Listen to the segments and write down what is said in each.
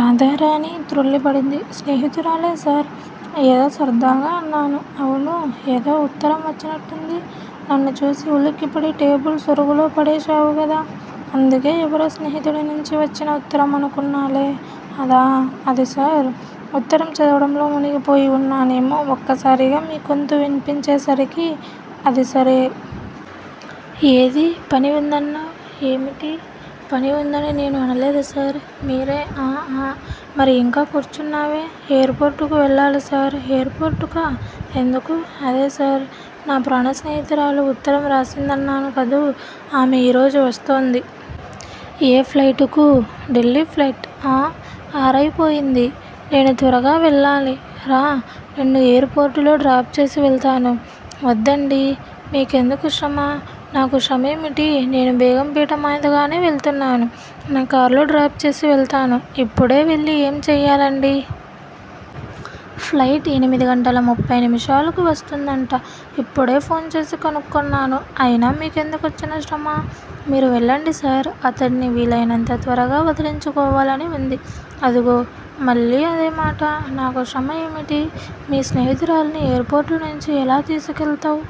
రాధారాణి తృళ్ళి పడింది. స్నేహితురాలే సార్! ఏదో సర్దాగా అన్నాను. అవునూ? ఏదోఉత్తరం వచ్చినట్టుంది? నన్ను చూసి ఉలిక్కిపడి టేబుల్ సొరుగులో పడేశావు గదా? అందుకే ఏవరో స్నేహితుడి నుంచి వచ్చిన ఉత్తరం అనుకున్నాలే! అదా! అది సార్ ఉత్తరం చదవడంలో మునిగిపోయి వున్నా నేమో- ఒక్కసారిగా మీ గొంతు విన్పించే సరికి అది సరే! ఏది పని ఉందన్నావ్? ఏమిటి? పని ఉందని నేను అనలేదు సార్! మీరే ఆ ఆ! మరి ఇంకా కూర్చున్నావే? ఎయిర్ పోర్టుకు వెళ్ళాలి సార్ ఎయిర్ పోర్టుకా? ఎందుకూ? అదే సార్! నా ప్రాణ స్నేహితురాలు ఉత్తరం రాసిందదన్నాను కదూ? ఆమె ఈ రోజు వస్తోంది. ఏ ప్లైటుకూ? ఢిల్లీ ప్లైట్! ఆ! ఆరయిపోయింది! నేను త్వరగా వెళ్ళాలి. రా! నిన్ను ఎయిర్ పోర్టులో డ్రాప్ చేసి వెళ్తాను. వద్దండీ! మీ కెందుకు శ్రమ? నాకు శ్రమేమిటి నేను బేగం పేట మీదగానే వెళ్తున్నాను. నా కార్లో డ్రాప్ చేసి వెళ్తాను. ఇప్పుడే వెళ్ళీ ఏం చెయ్యాలండీ? ప్లైట్ ఎనిమిది గంటల ముప్పై నిముషాలు కి వస్తుందట. ఇప్పుడే ఫోన్ చేసి కనుక్కొన్నాను. అయినా మీకెందుకొచ్చిన శ్రమా! మీరు వెళ్లండి సార్ అతడ్ని వీలయినంత త్వరగా వదిలించుకోవాలని ఉంది. అదుగో! మళ్ళీ అదేమాటా? నాకు శ్రమ ఏమిటి? మీ స్నేహితురాల్ని ఎయిర్ పోర్టునుంచి ఎలా తీసుకెళ్తవ్?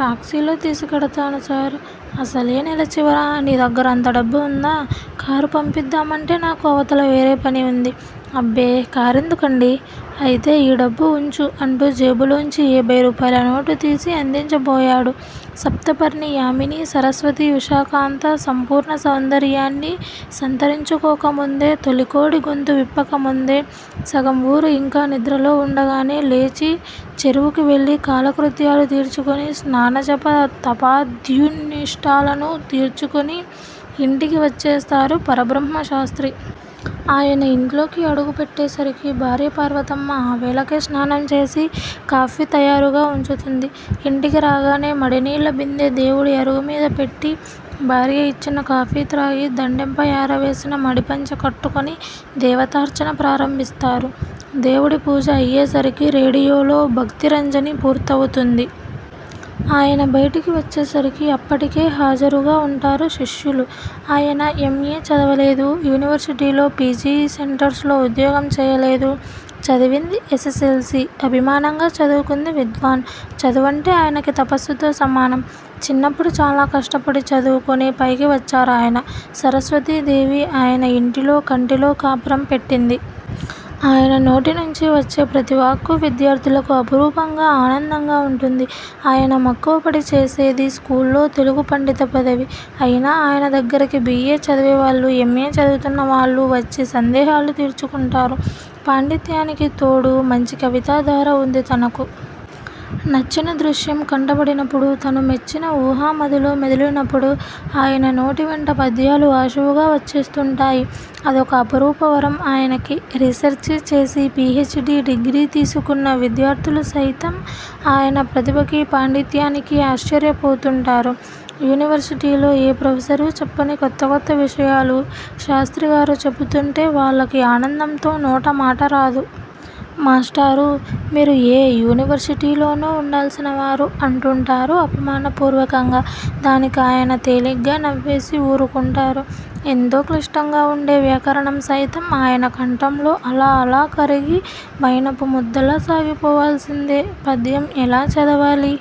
టాక్సీలో తీసుకెడతాను సార్! అసలే నెల చివరా. నీ దగ్గర అంతడబ్బు ఉందా? కారు పంపిద్దామంటే నాకు అవతల వేరే పని ఉంది. అబ్బే! కారెందుకండీ! అయితే ఈ డబ్బు ఉంచు అంటూ జేబులోంచి ఏభయ్ రూపాయల నోటు తీసి అందించబోయాడు. సప్తపర్ణి యామినీ సరస్వతి ఉషాకాంత సంపూర్ణ సౌందర్యాన్ని సంతరించుకోకముందే తొలికోడి గొంతు విప్పకముందే, సగం వూరు యింకా నిద్రలో వుండగానే లేచి చెరువుకి వెళ్ళి కాలకృత్యాలు తీర్చుకుని, స్నానజప తపాధ్యనుష్టానాలు తీర్చుకుని యింటికి వచ్చేస్తారు పరబ్రహ్మశాస్త్రి. ఆయన యింట్లోకి అడుగుపెట్టేసరికి భార్య పార్వతమ్మ ఆ వేళకే స్నానం చేసి కాఫీ తయారుగా వుంచుతుంది. ఇంటికి రాగానే మడినీళ్ళ బిందె దేవుడి అరుగుమీద పెట్టి భార్య యిచ్చిన కాఫీ త్రాగి దండెంపై ఆరవేసిన మడి పంచె కట్టుకుని దేవతార్చన ప్రారంభిస్తారు. దేవుడి పూజ అయ్యేసరికి రేడియోలో భక్తిరంజని పూర్తవుతుంది. ఆయన బయటికి వచ్చేసరికి అప్పటికే హాజరుగా వుంటారు శిష్యులు. ఆయన ఎమ్. ఎ. చదవలేదు. యూనివర్శిటీలో పి. జి. సెంటర్స్ లో ఉద్యోగం చేయలేదు. చదివింది ఎసెసెల్సీ, అభిమానంగా చదువుకుంది విద్వాన్. చదువంటే ఆయనకి తపస్సుతో సమానం. చిన్నప్పుడు చాలా కష్టపడి చదువుకుని పైకివచ్చారాయన. సరస్వతీదేవి ఆయన ఇంటిలో కంటిలో కాపురం పెట్టింది. ఆయన నోటి నుంచి వచ్చే ప్రతివాక్కు విద్యార్ధులకు అపురూపంగా ఆనందంగా వుంటుంది. ఆయన మక్కువపడి చేసేది స్కూల్లో తెలుగు పండిత పదవి. అయినా ఆయనదగ్గరకి బి. ఏ. చదివేవాళ్ళు ఎమ్. ఎ చదువుతున్నవాళ్లూ వచ్చి సందేహాలు తీర్చుకుంటారు. పాండిత్యానికి తోడు మంచి కవితాధార వుంది తనకు. నచ్చిన దృశ్యం కంటబడినపుడు తను మెచ్చిన వూహ మదిలో మెదిలినపుడు ఆయన నోటివెంట పద్యాలు ఆశువుగా వచ్చేస్తుంటాయి. అదొక అపురూప వరం ఆయనకి. రీసెర్చి చేసి పి హెచ్. డి డిగ్రీ తీసుకున్న విద్యార్ధులు సైతం ఆయన ప్రతిభకి పాండిత్యానికీ ఆశ్చర్యపోతుంటారు. యూనివర్శిటీలో ఏ ప్రొఫెసరూ చెప్పని కొత్త కొత్త విషయాలు శాస్త్రిగారు చెపుతుంటే వాళ్ళకి ఆనందంతో నోట మాటరాదు. మాస్టారూ! మీరు ఏ యూనివర్శిటీలోనో ఉండాల్సినవారు అంటూంటారు అభిమాన పూర్వకంగా. దానికాయన తేలిగ్గా నవ్వేసి వూరుకుంటారు. ఎంతో క్లిష్టంగా వుండే వ్యాకరణం సైతం ఆయన కంఠంలో అలా అలా కరిగి మైనపు ముద్దలా సాగిపోవాల్సిందే పద్యం ఎలా చదవాలి